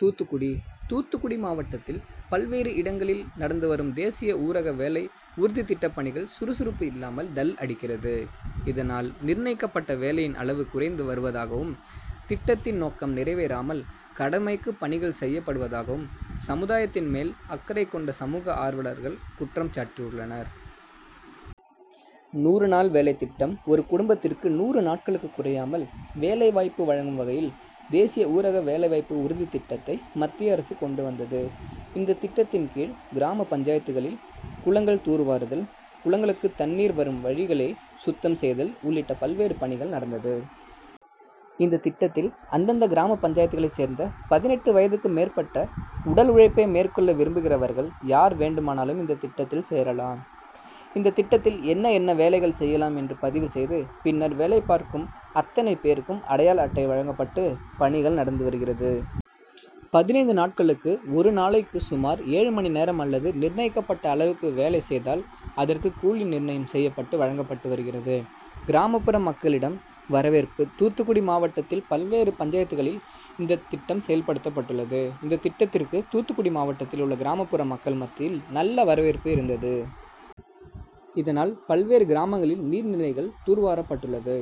தூத்துக்குடி தூத்துக்குடி மாவட்டத்தில் பல்வேறு இடங்களில் நடந்து வரும் தேசிய ஊரக வேலை உறுதிதிட்டப்பணிகள் சுறுசுறுப்பு இல்லாமல் டல் அடிக்கிறது. இதனால் நிர்ணயிக்கப்பட்ட வேலையின் அளவு குறைந்து வருவதாகவும், திட்டத்தின் நோக்கம் நிறைவேறாமல் கடமைக்கு பணிகள் செய்யப்படுவதாகவும் சமுதாயத்தின் மேல் அக்கரை கொண்ட சமூக ஆர்வலர்கள் குற்றம்சாட்டியுள்ளனர். நூறு நாள் வேலை திட்டம் ஒரு குடும்பத்திற்கு நூறு நாட்களுக்கு குறையாமல் வேலை வாய்ப்பு வழங்கும் வகையில் தேசிய ஊரக வேலை வாய்ப்பு உறுதி திட்டத்தை மத்திய அரசு கொண்டு வந்தது. இந்த திட்டத்தின் கீழ் கிராம பஞ்சாயத்துகளில் குளங்கள் தூர்வாறுதல், குளங்களுக்கு தண்ணீர் வரும் வழிகளை சுத்தம் செய்தல் உள்ளிட்ட பல்வேறு பணிகள் நடந்தது. இந்த திட்டத்தில் அந்தந்த கிராம பஞ்சாயத்துகளை சேர்ந்த பதினெட்டு வயதுக்கு மேற்பட்ட உடல் உழைப்பை மேற்கொள்ள விரும்புகிறர்வர்கள் யார் வேண்டுமானாலும் இந்த திட்டத்தில் சேரலாம். இந்த திட்டத்தில் என்ன என்ன வேலைகள் செய்யலாம் என்று பதிவு செய்து, பின்னர் வேலை பார்க்கும் அத்தனை பேருக்கும் அடையாள அட்டை வழங்கப்பட்டு பணிகள் நடந்துவருகிறது. பதினைந்து நாட்களுக்கு ஒரு நாளைக்கு சுமார் ஏழு மணிநேரம் அல்லது நிர்ணயிக்கப்பட்ட அளவுக்கு வேலை செய்தால் அதற்கு கூலி நிர்ணயம் செய்யப்பட்டு வழங்கப்பட்டு வருகிறது. கிராமப்புற மக்களிடம் வரவேற்பு தூத்துக்குடி மாவட்டத்தில் பல்வேறு பஞ்சாயத்துகளில் இந்த திட்டம் செயல்படுத்தப்பட்டுள்ளது. இந்த திட்டத்திற்கு தூத்துக்குடி மாவட்டத்தில் உள்ள கிராமபுற மக்கள் மத்தியில் நல்ல வரவேற்பு இருந்தது. இதனால் பல்வேறு கிராமங்களில் நீர்நிலைகள் தூர்வாரப்பட்டுள்ளது.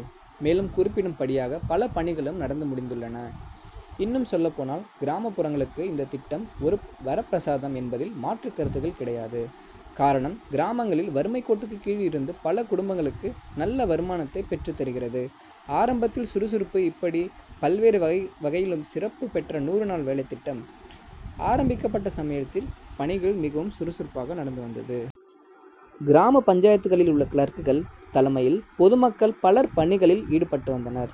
மேலும் குறிப்பிடும் படியாக பல பணிகளும் நடந்துமுடிந்துள்ளன. இன்னும் சொல்லப்போனால் கிராமப்புறங்களுக்கு இந்த திட்டம் ஒரு வரப்பிரசாதம் என்பதில் மாற்றுகருத்துக்கள் கிடையாது. காரணம் கிராமங்களில் வறுமைக்கோட்டுக்கு கீழ் இருந்து பல குடும்பங்களுக்கு நல்ல வருமானத்தை பெற்று தருகிறது. ஆரம்பத்தில் சுறுசுறுப்பு இப்படி பல்வேறு வகை வகையிலும் சிறப்பு பெற்ற நூறுநாள் வேலை திட்டம் ஆரம்பிக்கப்பட்ட சமயத்தில் பணிகள் மிகவும் சுறுசுறுப்பாக நடந்துவந்தது. கிராம பஞ்சாயத்துகளில் உள்ள கிளர்க்குகள் தலைமையில் பொதுமக்கள் பலர் பணிகளில் ஈடுபட்டு வந்தனர்.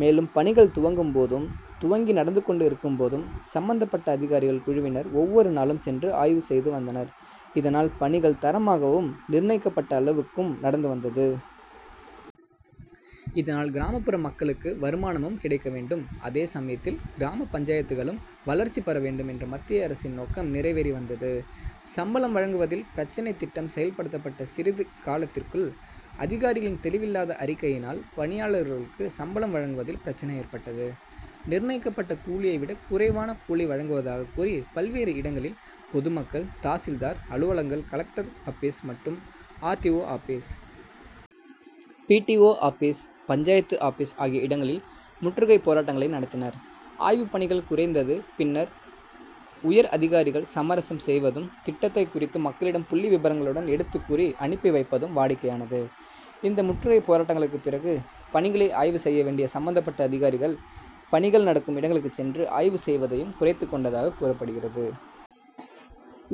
மேலும் பணிகள் துவங்கும் போதும், துவங்கி நடந்துகொண்டு இருக்கும் போதும், சம்பந்தப்பட்ட அதிகாரிகள் குழுவினர் ஒவ்வொரு நாளும் சென்று ஆய்வு செய்துவந்தனர். இதனால் பணிகள் தரமாகவும், நிர்ணயிக்கப்பட்ட அளவுக்கும் நடந்து வந்தது. இதனால் கிராமபுற மக்களுக்கு வருமானமும் கிடைக்கவேண்டும், அதே சமயத்தில் கிராம பஞ்சாயத்துகளும் வளர்ச்சிபெற வேண்டும் என்ற மத்திய அரசின் நோக்கம் நிறைவேறி வந்தது. சம்பளம் வழங்குவதில் பிரச்னை திட்டம் செயல்படுத்தப்பட்ட சிறிது காலத்திற்குள் அதிகாரிகளின் தெளிவில்லாத அறிக்கையினால் பணியாளர்களுக்கு சம்பளம் வழங்குவதில் பிரச்னை ஏற்பட்டது. நிர்ணயிக்கப்பட்ட கூலியை விட குறைவான கூலி வழங்குவதாக கூறி பல்வேறு இடங்களில் பொதுமக்கள் தாசில்தார் அலுவலங்கள், கலெக்டர் ஆபிஸ், மற்றும் ஆர்டிஓ.,ஆபிஸ், பிடிஓ.,ஆபிஸ், பஞ்சாயத்து ஆபிஸ் ஆகிய இடங்களில் முற்றுகைப் போராட்டங்களை நடத்தினர். ஆய்வு பணிகள் குறைந்தது பின்னர் உயர் அதிகாரிகள் சமரசம் செய்வதும் திட்டத்தை குறித்து மக்களிடம் புள்ளிவிபரங்களுடன் எடுத்து கூறி அனுப்பிவைப்பதும் வாடிக்கையானது. இந்த முற்றுகைபோராட்டங்களுக்கு பிறகு பணிகளை ஆய்வு செய்ய வேண்டிய சம்பந்தப்பட்ட அதிகாரிகள் பணிகள் நடக்கும் இடங்களுக்கு சென்று ஆய்வு செய்வதையும் குறைத்துக்கொண்டதாக கூறப்படுகிறது.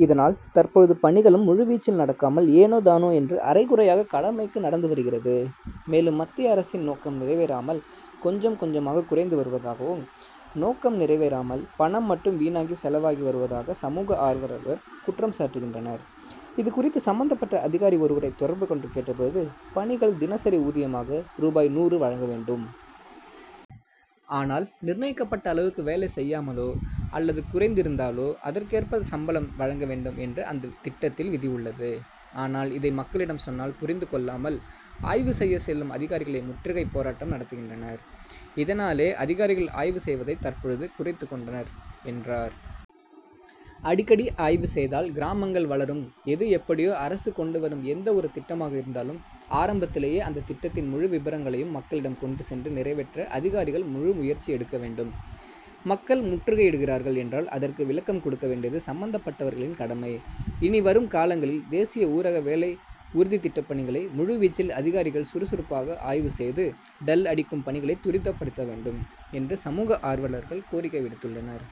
இதனால் தற்பொழுது பணிகளும் முழுவீச்சில் நடக்காமல், ஏனோதானோ என்று அறைகுறையாக கடமைக்கு நடந்துவருகிறது. மேலும் மத்திய அரசின் நோக்கம் நிறைவேறாமல் கொஞ்சம் கொஞ்சமாக குறைந்துவருவதாகம், நோக்கம் நிறைவேறாமல் பணம் மட்டும் வீணாக செலவாகி வருவதாக சமூக ஆர்வலர்கள் குற்றம்சாட்டுகின்றனர். இதுகுறித்து சம்பந்தபட்ட அதிகாரி ஒருவரை தொடர்பு கொண்டு கேட்டபொழுது பணிகள் தினசரி ஊதியமாக ரூபாய் நூறு வழங்கவேண்டும். ஆனால் நிர்ணயிக்கப்பட்ட அளவுக்கு வேலை செய்யாமலோ அல்லது குறைந்து இருந்தாலோ அதற்கேற்பதான் சம்பளம் வழங்கவேண்டும் என்று அந்த திட்டத்தில் விதி உள்ளது. ஆனால் இதை மக்களிடம் சொன்னால் புரிந்துகொள்ளாமல் ஆய்வு செய்ய செல்லும் அதிகாரிகளை முற்றுகை போராட்டம் நடத்துகின்றனர். இதனாலே அதிகாரிகள் ஆய்வு செய்வதை தற்பொழுது குறைத்துக்கொண்டனர் என்றார். அடிக்கடி ஆய்வு செய்தால் கிராமங்கள் வளரும் எதுஎப்படியோ அரசு கொண்டு வரும் எந்த ஒரு திட்டமாக இருந்தாலும் ஆரம்பத்திலேயே அந்த திட்டத்தின் முழுவிபரங்களையும் மக்களிடம் கொண்டு சென்று நிறைவேற்ற அதிகாரிகள் முழுமுயற்சி எடுக்கவேண்டும். மக்கள் முற்றுகையிடுகிறார்கள் என்றால் அதற்கு விளக்கம் கொடுக்கவேண்டியது சம்பந்தப்பட்டவர்களின் கடமை. இனிவரும் காலங்களில் தேசிய ஊரக வேலை உறுதிதிட்டப்பணிகளை முழுவீச்சில் அதிகாரிகள் சுறுசுறுப்பாக ஆய்வு செய்து டல் அடிக்கும் பணிகளை துரிதப்படுத்தவேண்டும் என்று சமூக ஆர்வலர்கள் கோரிக்கை விடுத்துள்ளனர்.